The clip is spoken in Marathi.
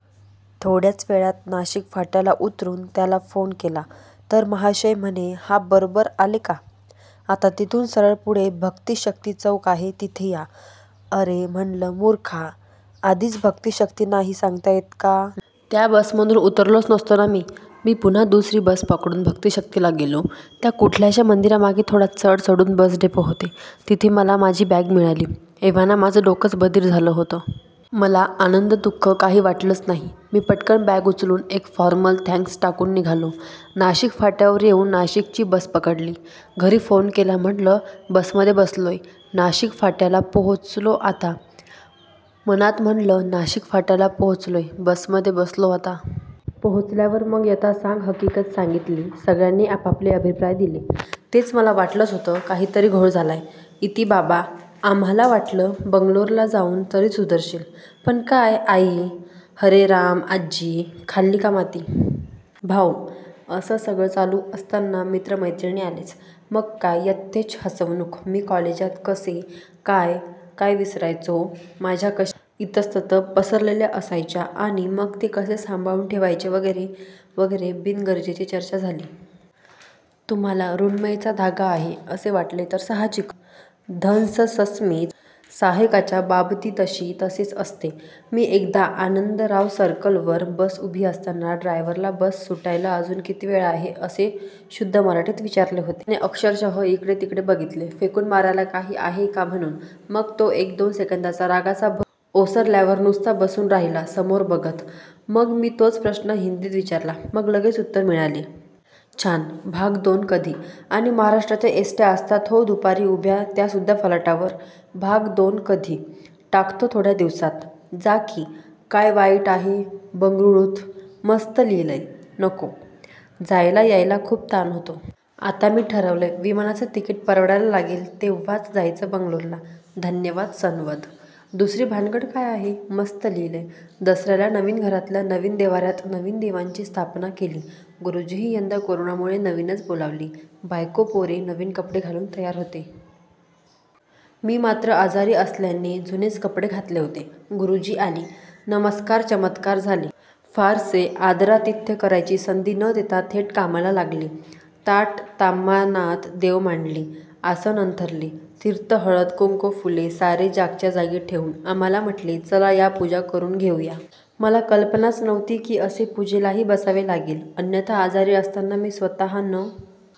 थोड्याच वेळात नाशिक फाट्याला उतरून त्याला फोन केला, तर महाशय म्हणे हा बरोबर आले का? आता तिथून सरळ पुढे भक्तीशक्ती चौक आहे तिथे या. अरे म्हणलं मूर्खा! आधीच भक्तीशक्ती नाही सांगता येत का. त्या बसमधून उतरलोच नसतो ना मी. मी पुन्हा दुसरी बस पकडून भक्तीशक्तीला गेलो. त्या कुठल्याशा मंदिरामागे थोडा चढ चढून बस डेपो होते. तिथे मला माझी बॅग मिळाली. एव्हाना माझं डोकंच बधीर झालं होतं. मला आनंद दुःख काही वाटलंच नाही. मी पटकन बॅग उचलून एक फॉर्मल थँक्स टाकून निघालो. नाशिक फाट्यावर येऊन नाशिकची बस पकडली. घरी फोन केला म्हणलं बसमध्ये बसलोय, नाशिक फाट्याला पोहोचलो आता. मनात म्हणलं नाशिक फाट्याला पोहोचलोय, बसमध्ये बसलो आता. पोहोचल्यावर मग यथासांग हकीकत सांगितली. सगळ्यांनी आपापले अभिप्राय दिले. तेच मला वाटलंच होतं काहीतरी घोळ झालाय, इति बाबा. आम्हाला वाटलं बंगलोरला जाऊन तरी सुधरशील, पण काय, आई. हरे राम, आज्जी. खाल्ली का माती? भाऊ. असं सगळं चालू असताना मित्र मैत्रिणी आलेच. मग काय. यथेच्छ हसवणूक. मी कॉलेजात कसे काय काय विसरायचो, माझ्या कशा इतस्तत: पसरलेल्या असायच्या आणि मग ते कसे सांभाळून ठेवायचे वगैरे वगैरे बिनगरजेची चर्चा झाली. तुम्हाला ऋन्मयचा धागा आहे असे वाटले तर साहजिकच. धन्स सस्मित, सहायकाच्या बाबतीतशी तसेच असते. मी एकदा आनंदराव सर्कलवर बस उभी असताना ड्रायव्हरला बस सुटायला अजून किती वेळ आहे असे शुद्ध मराठीत विचारले होते. त्याने अक्षरशः इकडे तिकडे बघितले फेकून मारायला काही आहे का म्हणून. मग तो एक-दोन सेकंदांचा रागाचा भर ओसरल्यावर नुसता बसून राहिला समोर बघत. मग मी तोच प्रश्न हिंदीत विचारला. मग लगेच उत्तर मिळाले. छान, भाग दोन कधी? आणि महाराष्ट्राच्या एसट्या असतात हो दुपारी उभ्या त्यासुद्धा फलाटावर. भाग दोन कधी? टाकतो थोड्या दिवसांत. जा की. काय वाईट आहे बंगळुरूत? मस्त लिहिलंय! नको. जायला यायला खूप ताण होतो. आता मी ठरवलंय विमानाचं तिकीट परवडायला लागेल तेव्हाच जायचं बंगलोरला. धन्यवाद सनवद, दुसरी भानगड काय आहे? मस्त लिहिलंय! दसऱ्याला नवीन घरातल्या नवीन देव्हाऱ्यात नवीन देवांची स्थापना केली. गुरुजीही यंदा कोरोनामुळे नवीनच बोलावले. बायकापोरे नवीन कपडे घालून तयार होते. मी मात्र आजारी असल्याने जुनेच कपडे घातले होते. गुरुजी आले. नमस्कार चमत्कार झाले. फारसे आदरातिथ्य करायची संधी न देता थेट कामाला लागले. ताट ताम्हाणात देव मांडले. आसन अंथरले. तीर्थ हळद कुंकू फुले सारे जागच्या जागी ठेवून आम्हाला म्हटले चला या पूजा करून घेऊया. मला कल्पनाच नव्हती की असे पूजेलाही बसावे लागेल. अन्यथा आजारी असताना मी स्वतः न